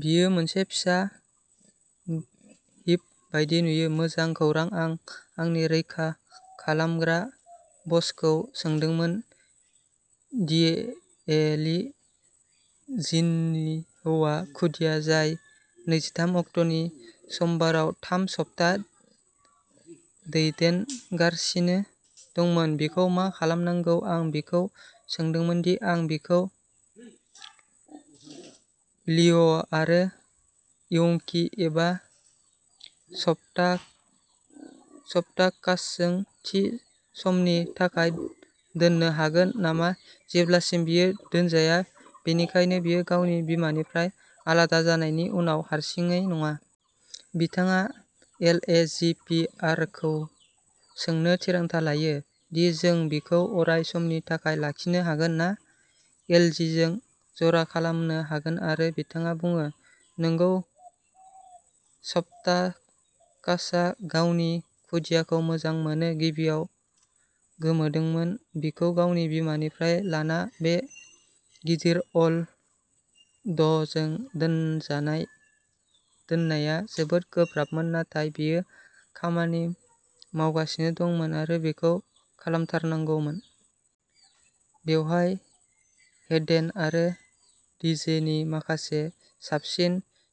बियो मोनसे फिसा हिप्प'बायदि नुयो। मोजां खौरां आं आंनि रैखा खालामग्रा बसखौ सोंदोंमोन दि एलि, जिनिनि हौवा खुदिया, जाय नैजिथाम अक्ट'नि समबाराव थाम सप्ता देरगासिनो दंमोन, बिखौ मा खालामनांगौ। आं बिखौ सोंदोंमोन दि आं बिखौ लिअ'आरो विंकी एबा स्पार्टाकासजों थि समनि थाखाय दोननो हागोन नामा जेब्लासिम बियो दोनजाया, बेनिखायनो बियो गावनि बिमानिफ्राय आलादा जानायनि उनाव हारसिङै नङा। बिथाङा एलएजीपीआरखौ सोंनो थिरांथा लायो दि जों बिखौ अराय समनि थाखाय लाखिनो हागोन ना एलीजों जरा खालामनो हागोन आरो बिथाङा बुङो नंगौ स्पार्टाकासआ गावनि खुदियाखौ मोजां मोनो। गिबियाव गोमोदोंमोन, बिखौ गावनि बिमानिफ्राय लाना बे गिदिर अल डुडजों दोननाया जोबोद गोब्राबमोन, नाथाय बेयो खामानि मावगासिनो दंमोन आरो बेखौ खालामथारनांगौमोन। बेवहाय हेडेन आरो डेजीनि माखासे साबसिन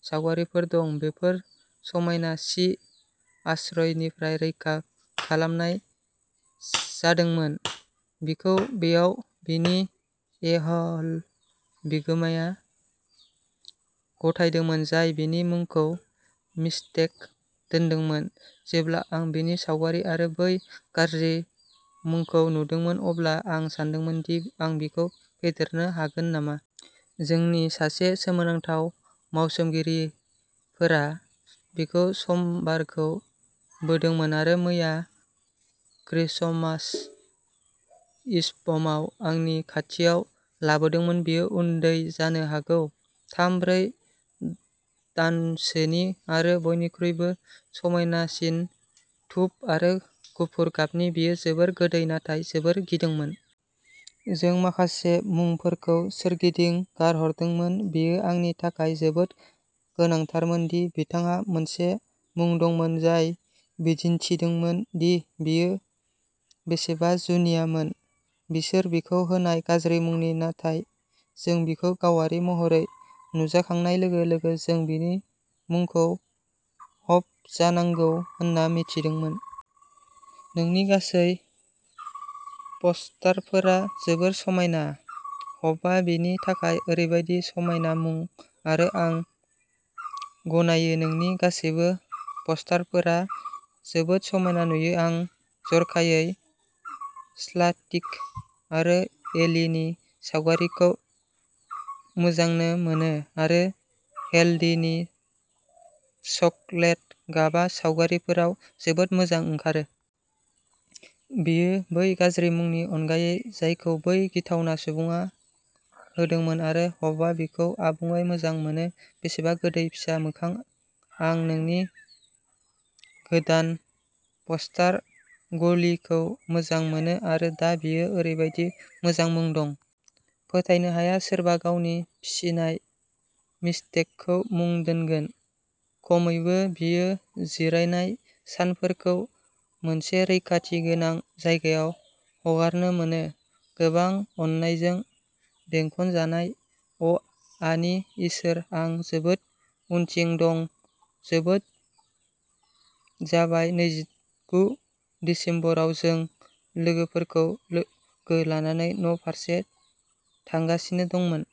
सावगारिफोर दं। बेफोर समायना चि आश्रयनिफ्राय रैखा खालामनाय जादोंमोन। बिखौ बैयाव बिनि ए ह'ल बिगोमाया गथायदोंमोन, जाय बिनि मुंखौ मिस्टेक दोन्दोंमोन। जेब्ला आं बिनि सावगारि आरो बै गाज्रि मुंखौ नुदोंमोन, अब्ला आं सोंदोंमोन दि आं बिखौ फेदेरनो हागोन नामा। जोंनि सासे सोमोनांथाव मावसोमगिरिफोरा बिखौ समबारखौ बोदोंमोन आरो मैया, क्रिसमास इभआव आंनि खाथियाव लाबोदोंमोन। बियो उन्दै, जानो हागौ थाम-ब्रै दानसोनि आरो बयनिख्रुइबो समायनासिन टुप आरो गुफुर गाबनि। बियो जोबोद गोदै नाथाय जोबोद गिदोंमोन। जों माखासे मुंफोरखौ सोरगिदिं गारहरदोंमोन, बेयो आंनि थाखाय जोबोद गोनांथारमोन दि बिथांहा मोनसे मुं दंमोन जाय दिन्थिदोंमोन दि बियो बेसेबां जुनियामोन। बिसोर बिखौ होनाय गाज्रि मुंनि, नाथाय जों बिखौ गावारि महरै नुजाखांनाय लोगो-लोगो जों बिनि मुंखौ हप जानांगौ होनना मिथिदोंमोन। नोंनि गासैबो फस्टारफोरा जोबोद समायना! हपआ बिनि थाखाय ओरैबायदि समायना मुं, आरो आं गनायो, नोंनि गासैबो फस्टारफोरा जोबोद समायना नुयो। आं जर'खायै स्पार्टि आरो एलिनि सावगारिखौ मोजां मोनो आरो हेडेननि चकलेट गाबआ सावगारिफोराव जोबोद मोजां ओंखारो। बेयो बै गाज्रि मुंनि अनगायै जायखौ बै गिथावना सुबुङा होदोंमोन, आरो हपआ बिखौ आबुङै मोजां मोनो। बेसेबां गोदै फिसा मोखां आं नोंनि गोदान फस्टार गार्लखौ मोजां मोनो आरो दा बियो ओरैबायदि मोजां मुं दं। फोथायनो हाया सोरबा गावनि फिसिनाय मिस्टेकखौ मुं दोनगोन। खमैबो बियो जिरायनाय सानफोरखौ मोनसे रैखाथि गोनां जायगायाव हगारनो मोनो, गोबां अननायजों बेंखनजानाय अ आंनि इसोर, आं जोबोद उनथिं दं, जोबोद जाबाय नैजिगु दिसेम्बराव जों लोगोफोरखौ लोगो लानानै न'फारसे थांगासिनो दंमोन।